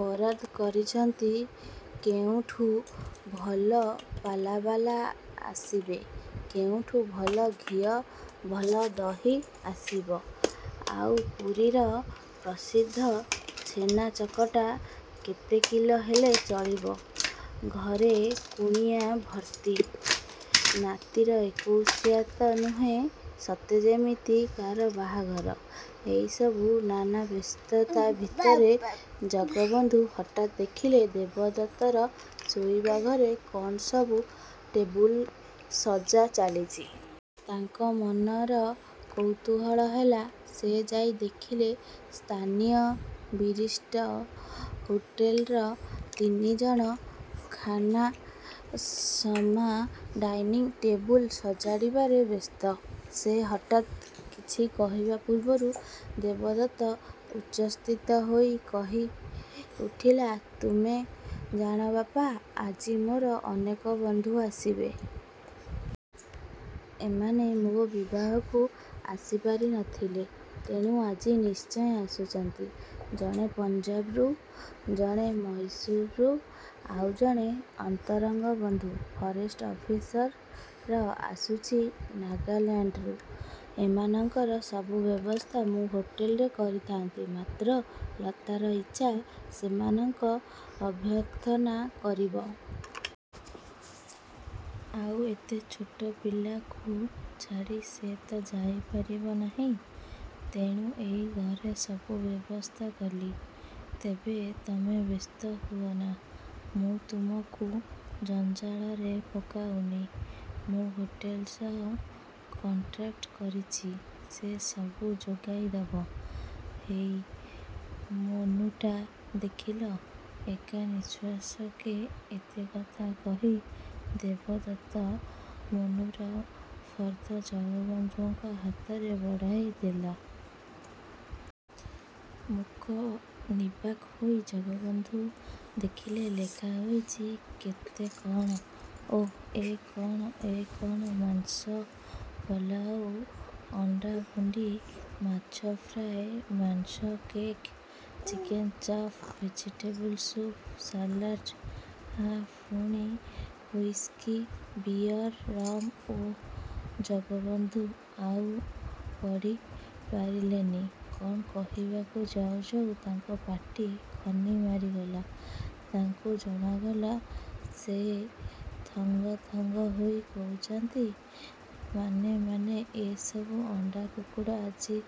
ବରାଦ କରିଚନ୍ତି, କେଉଁଠୁ ଭଲ ପାଲାବାଲା ଆସିବେ, କେଉଁଠୁ ଭଲ ଘିଅ, ଭଲ ଦହି ଆସିବ! ଆଉ ପୁରୀର ପ୍ରସିଦ୍ଧ ଛେନା ଚକଟା, କେତେ କିଲୋ ହେଲେ ଚଳିବ? ଘରେ କୁଣିଆ ଭର୍ତ୍ତି। ନାତିର ଏକୋଇଶା ତ ନୁହେଁ ସତେ ଯେମିତି କା'ର ବାହାଘର। ଏଇସବୁ ନାନା ବ୍ୟସ୍ତତା ଭିତରେ ଜଗବନ୍ଧୁ ହଠାତ୍ ଦେଖିଲେ ଦେବଦତ୍ତର ଶୋଇବା ଘରେ କ'ଣ ସବୁ ଟେବୁଲ ସଜା ଚାଲିଚି। ତାଙ୍କ ମନର କୌତୂହଳ ହେଲା। ସେ ଯାଇ ଦେଖିଲେ ସ୍ଥାନୀୟ ବିରିଷ୍ଟ ହୋଟେଲର ତିନି ଜଣ ଖାନାସମା ଡାଇନିଂ ଟେବୁଲ ସଜାଡ଼ିବାରେ ବ୍ୟସ୍ତ। ସେ ହଠାତ୍ କିଛି କହିବା ପୂର୍ବରୁ ଦେବଦତ୍ତ ଉଚ୍ଛ୍ୱସିତ ହୋଇ କହି ଉଠିଲା, ତୁମେ ଜାଣ ବାପା, ଆଜି ମୋର ଅନେକ ବନ୍ଧୁ ଆସିବେ। ଏମାନେ ମୋ' ବିବାହକୁ ଆସିପାରି ନ ଥିଲେ, ତେଣୁ ଆଜି ନିଶ୍ଚୟ ଆସୁଚନ୍ତି। ଜଣେ ପଞ୍ଜାବରୁ, ଜଣେ ମହୀଶୂରରୁ ଓ ଜଣେ ଅନ୍ତରଙ୍ଗ ବନ୍ଧୁ ଫରେଷ୍ଟ ଅଫିସର ଆସୁଚି ନାଗାଲାଣ୍ଡରୁ। ଏମାନଙ୍କର ସବୁ ବ୍ୟବସ୍ଥା ମୁଁ ହୋଟେଲରେ କରିଥାନ୍ତି। ମାତ୍ର ଲତାର ଇଚ୍ଛା, ସେମାନଙ୍କ ଅଭ୍ୟର୍ଥନା କରିବ। ଆଉ ଏତେ ଛୋଟ ପିଲାକୁ ଛାଡ଼ି ସେ ତ ଯାଇ ପାରିବ ନାହିଁ, ତେଣୁ ଏଇ ଘରେ ସବୁ ବ୍ୟବସ୍ଥା କଲି। ତେବେ ତମେ ବ୍ୟସ୍ତ ହୁଅନା, ମୁଁ ତମକୁ ଜଞ୍ଜାଳରେ ପକାଉନି। ମୁଁ ହୋଟେଲ ସହ କଣ୍ଟ୍ରାକ୍ଟ କରିଚି, ସେ ସବୁ ଯୋଗେଇଦବ। ହେଇ, ମେନୁଟା ଦେଖିଲ ଏକା ନିଃଶ୍ୱାସକେ ଏତେ କଥା କହି ଦେବଦତ୍ତ ମେନୁର ଫର୍ଦ୍ଦ ଜଗବନ୍ଧୁଙ୍କ ହାତରେ ବଢ଼ାଇଦେଲା। ମୂକ ନିର୍ବାକ୍ ହୋଇ ଜଗବନ୍ଧୁ ଦେଖିଲେ, ଲେଖା ହୋଇଚି କେତେ କ'ଣ ଓଃ ଏ କ'ଣ ଏ କ'ଣ ମାଂସ ପଲାଉ, ଅଣ୍ଡାପୁଡ଼ିଂ, ମାଛ ଫ୍ରାଇ, ମାଂସ cake, chicken chop, vegetable soup, salad, ଆଃ ପୁଣି ହୁଇସ୍କି, ବିଅର, ରମ! ଓଃ ଜଗବନ୍ଧୁ ଆଉ ପଢ଼ି ପାରିଲେନି କଣ କହିବାକୁ ଯାଉ ଯାଉ ତାଙ୍କ ପାଟି ଖନି ମାରିଗଲା ତାଙ୍କୁ ଜଣାଗଲା, ସେ ଥଙ୍ଗଥଙ୍ଗ ହୋଇ କହୁଚନ୍ତି, "ମାନେ ମାନେ ଏଇସବୁ ଅଣ୍ଡା, କୁକୁଡ଼ା ଆଜି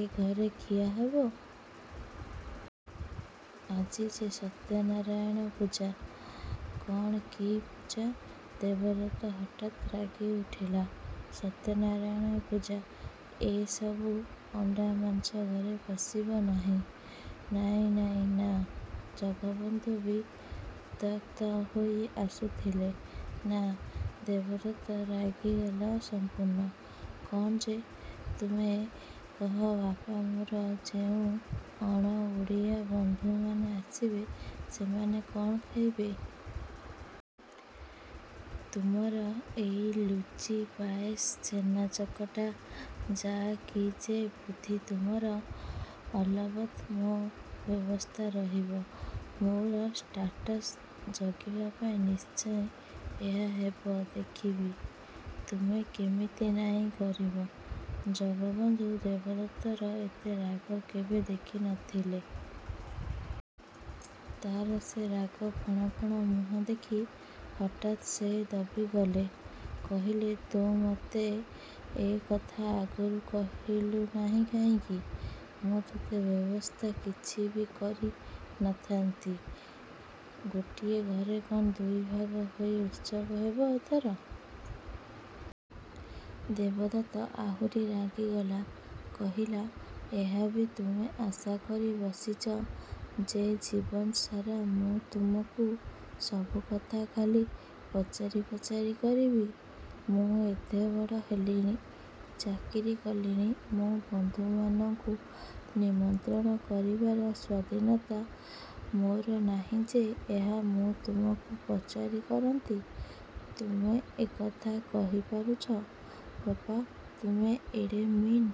ଏ ଘରେ ଖିଆ ହେବ? ଆଜି ଯେ, ସତ୍ୟନାରାୟଣ ପୂଜା" "କଅଣ? କି ପୂଜା?" ଦେବଦତ୍ତ ହଠାତ୍ ରାଗି ଉଠିଲା। "ସତ୍ୟନାରାୟଣ ପୂଜା! ଏସବୁ ଅଣ୍ଡା, ମାଂସ ଘରେ ପଶିବ ନାହିଁ। ନାଇଁ ନାଇଁ ନାଃ।" ଜଗବନ୍ଧୁ ବି ଉତ୍ତ୍ୟକ୍ତ ହୋଇ ଆସୁଥିଲେ। "ନାଃ?" ଦେବଦତ୍ତ ରାଗିଗଲା ସଂପୂର୍ଣ୍ଣ। "କ'ଣ ଯେ ତୁମେ କହ ବାପା ମୋର ଯେଉଁ ଅଣଓଡ଼ିଆ ବନ୍ଧୁ ମାନେ ଆସିବେ, ସେମାନେ କଅଣ ଖାଇବେ? ତୁମର ଏଇ ଲୁଚି, ପାଏସ୍, ଛେନାଚକଟା? ଯା କି ଯେ ବୁଦ୍ଧି ତୁମର! ଅଲବତ୍ ମୋ ବ୍ୟବସ୍ଥା ରହିବ। ମୋର ଷ୍ଟାଟସ ଜଗିବା ପାଇଁ, ନିଶ୍ଚୟ ଏହା ହେବ ଦେଖିବି, ତୁମେ କେମିତି ନାଇଁ କରିବ।" ଜଗବନ୍ଧୁ ଦେବଦତ୍ତର ଏତେ ରାଗ କେବେ ଦେଖି ନ ଥିଲେ। ତାର ସେ ରାଗ ଫଣ ଫଣ ମୁହଁ ଦେଖି ହଠାତ୍ ସେ ଦବିଗଲେ। କହିଲେ, "ତୁ ମତେ ଏ କଥା ଆଗରୁ କହିଲୁ ନାହିଁ କାହିଁକି? ମୁଁ ଏତେ ବ୍ୟବସ୍ଥା କିଛି ବି କରି ନ ଥାନ୍ତି। ଗୋଟିଏ ଘରେ କ'ଣ ଦୁଇ ଭାଗ ହୋଇ ଉତ୍ସବ ହେବ?"ଏଥର ଦେବଦତ୍ତ ଆହୁରି ରାଗିଗଲା କହିଲା, "ଏହା ବି ତୁମେ ଆଶା କରି ବସିଚ ଯେ ଜୀବନ ସାରା ମୁଁ ତୁମକୁ ସବୁକଥା ଖାଲି ପଚାରି ପଚାରି କରିବି? ମୁଁ ଏତେ ବଡ଼ ହେଲିଣି, ଚାକିରୀ କଲିଣି ମୋ ବନ୍ଧୁମାନଙ୍କୁ ନିମନ୍ତ୍ରଣ କରିବାର ସ୍ୱାଧୀନତା ମୋର ନାହିଁ ଯେ, ଏହା ମୁଁ ତୁମକୁ ପଚାରି କରନ୍ତି ତମେ ଏକଥା କହିପାରୁଚ ବାପା? ତୁମେ ଏଡ଼େ ମିନ୍।"